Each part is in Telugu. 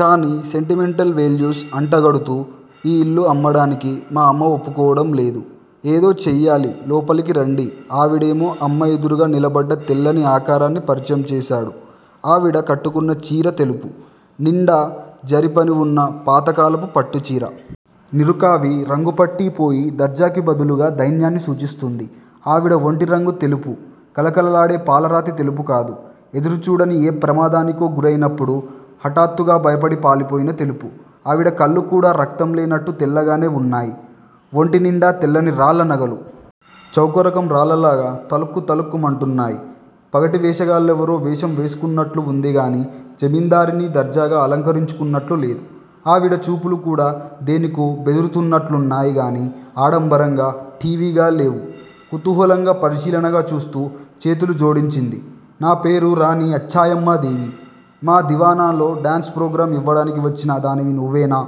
కాని సెంటిమెంటల్ వేల్యూస్ అంటగడుతూ ఈ ఇల్లు అమ్మడానికి మా అమ్మ వొప్పుకోవడం లేదు. ఏదో చెయ్యాలి లోపలికి రండి ఆవిడేమో అమ్మ ఎదురుగా నిలబడ్డ తెల్లని ఆకారాన్ని పరిచయం చేశాడు ఆవిడ కట్టుకున్న చీర తెలుపు. నిండా జరి పని వున్న పాతకాలపు పట్టు చీర. నిరుకావి రంగుపట్టి పోయి దర్జాకి బదులుగా దైన్యాన్ని సూచిస్తోంది. ఆవిడ వొంటి రంగు తెలుపు కళకళలాడే పాలరాతి తెలుపు కాదు. ఎదురుచూడని ఏ ప్రమాదానికో గురైనప్పుడు హటాత్తుగా భయపడి పాలిపోయిన తెలుపు ఆవిడ కళ్ళు కూడా రక్తం లేనట్టు తెల్లగానే వున్నాయి. వొంటి నిండా తెల్లని రాళ్ళ నగలు. చౌకరకం రాళ్ళలాగా తళుక్కు తళుక్కు మంటున్నాయి. పగటి వేషగాళ్ళేవరో వేషం వేసుకున్నట్లువుంది గానీ జమిందారిణి దర్జాగా అలంకరించుకున్నట్లు లేదు. ఆవిడ చూపులు కూడా దేనికో బెడురుతున్నట్లున్నాయి గాని, ఆడంబరంగా, ఠీవిగా లేవు కుతూహలంగా పరిశీలనగా చూస్తూ చేతులు జోడించింది. నాపేరు రాణి అచ్చయ్యమ్మా దేవి మా దివాణాలో డాన్సు ప్రోగ్రాం ఇవడానికి వచ్చిన దానివి నువేనా?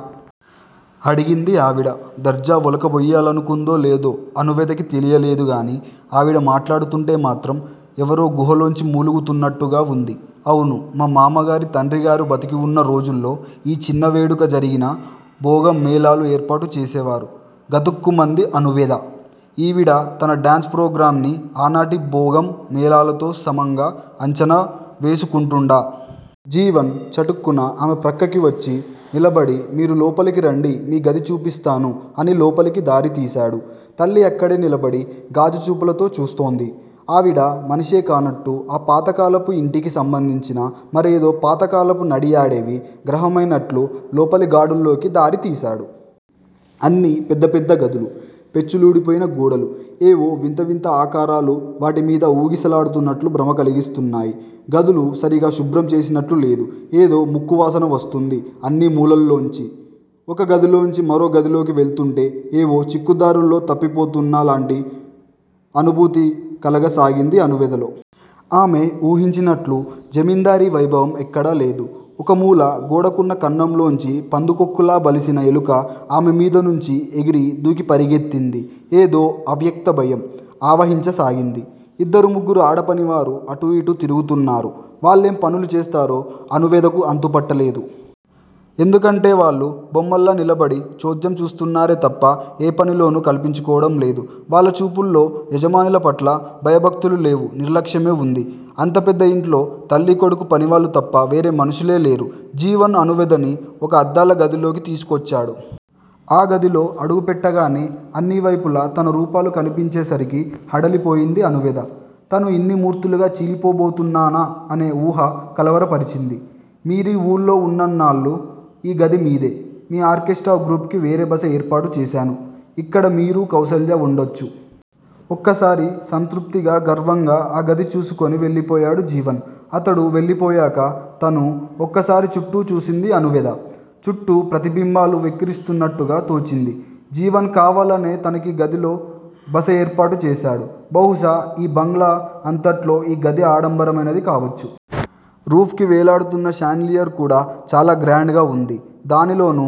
అడిగింది ఆవిడ. దర్జా వోలకబోయ్యాలనుకుందో లేదో అణువేదకి తెలియలేదు గాని ఆవిడ మాట్లాడుతుంటే మాత్రం ఎవరో గుహలోంచి మూలుగుతున్నట్టుగా వుంది. అవును మా మామగారి తండ్రిగారు బతికి వున్న రోజుల్లో యి చిన్న వేడుక జరిగినా భోగం మేళాలు ఏర్పాటు చేసేవారు. గతుక్కుమంది అణువేద. ఈవిడ తన డాన్సు ప్రోగ్రాంని ఆనాటి బోగం మేళాలతో సమంగా అంచనా వేసుకుంటుండా? జీవన్ చటుక్కున ఆమె ప్రక్కకి వొచ్చి నిలబడి మీరు లోపలికి రండి మీ గది చూపిస్తాను అని లోపలికి దారి తీశాడు. తల్లి అక్కడే నిలబడి గాజు చూపులతో చూస్తోంది. ఆవిడ ఒకమనిషె కానట్టు ఆ పాతకాలపు యింటికి సంబంధించిన మరేదో పాతకాలపు నడియాడేవి గ్రహమైనట్లు లోపలిగాడుల్లోకి దారి తీశాడు. అన్నీ పెద్ద పెద్ద గదులు, పెచ్చులుడిపోయిన గోడలు యేవో వింత వింత ఆకారాలు వాటి మీద ఊగిసలాడుతున్నట్లు భ్రమ కలిగిస్తున్నాయి. గదులు సరిగా శుభ్రం చేస్తున్నట్లు లేదు. ఏదో ముక్కు వాసన వొస్తోంది అన్నీ ములల్లోంచి. ఒక గదిలోంచి మరో గదిలోకి వెళ్తుంటే ఏవో చిక్కు దారుల్లో తప్పిపోతున్నలాంటి అనుభూతి కలగాసాగింది అణువేదలో. ఆమె ఊహించినట్లు జమిందారీ వైభవం ఎక్కడా లేదు. ఒక మూల గోడ కున్న కన్నంలోంచి పందికోక్కులా బలిసిన ఎలుక ఆమె మీద నుంచి ఎగిరి దూకి పరిగెత్తింది. ఏదో అవ్యక్త భయం ఆవహించసాగింది. ఇద్దరు ముగ్గురూ అడపనివారు అటూ ఇటూ తిరుగుతున్నారు వాళ్ళెం పనులు చేస్తారో అణువేదకు అంతుపట్టలేదు. ఎందుకంటే వాళ్ళు బొమ్మల్లా నిలబడి చోద్యం చూస్తున్నారే తప్ప ఏ పనిలోనూ కల్పించుకోవడం లేదు. వాళ్ళ చూపుల్లో యజమానుల పట్ల భయభక్తులు లేవు. నిర్లక్ష్యమే వుంది. అంత పెద్ద యింట్లో తల్లి కొడుకు పనివాళ్ళు తప్ప వేరే మనుషులే లేరు. జీవన్ అణువేదని ఒక అద్దాల గదిలోకి తీసుకొచ్చాడు. ఆ గదిలో అడుగు పెట్టగానే అన్నీ వైపులా తన రూపాలు కనిపించే సరికి హడలిపోయింది అణువేద. తను ఇన్ని మూర్తులుగా చిలీపోబోతున్నానా- అనే వూహ కలవరపరిచింది. మీరి వూళ్ళో వున్నన్నాళ్ళు ఈ గది మీదే. మీ ఆర్కెస్ట్రా గ్రూపుకి వేరే బస ఏర్పాటు చేశాను. ఇక్కడ మీరు కౌసల్య వుండొచ్చు. ఒక్కసారి సంతృప్తిగా గర్వంగా ఆ గది చూసుకొని వెళ్లిపోయాడు జీవన్. అతడు వెళ్ళిపోయాక తనూ ఒకసారి చుట్టూ చూసింది అణువేద. చుట్టూ ప్రతిబింబాలు వెక్కిరిస్తున్నట్టుగా తోచింది. జీవన్ కావాలనే తనకి గదిలో బస యేర్పాటు చేశాడు. బహుశా యీ బంగాళా అంతట్లో యీ గది ఆడంబరమైనది కావచ్చు. రూఫ్ కి వెళ్ళాడుతున్న షాండ్లియర్ కూడా చాలా గ్రాండ్ గా వుంది. దానిలోనూ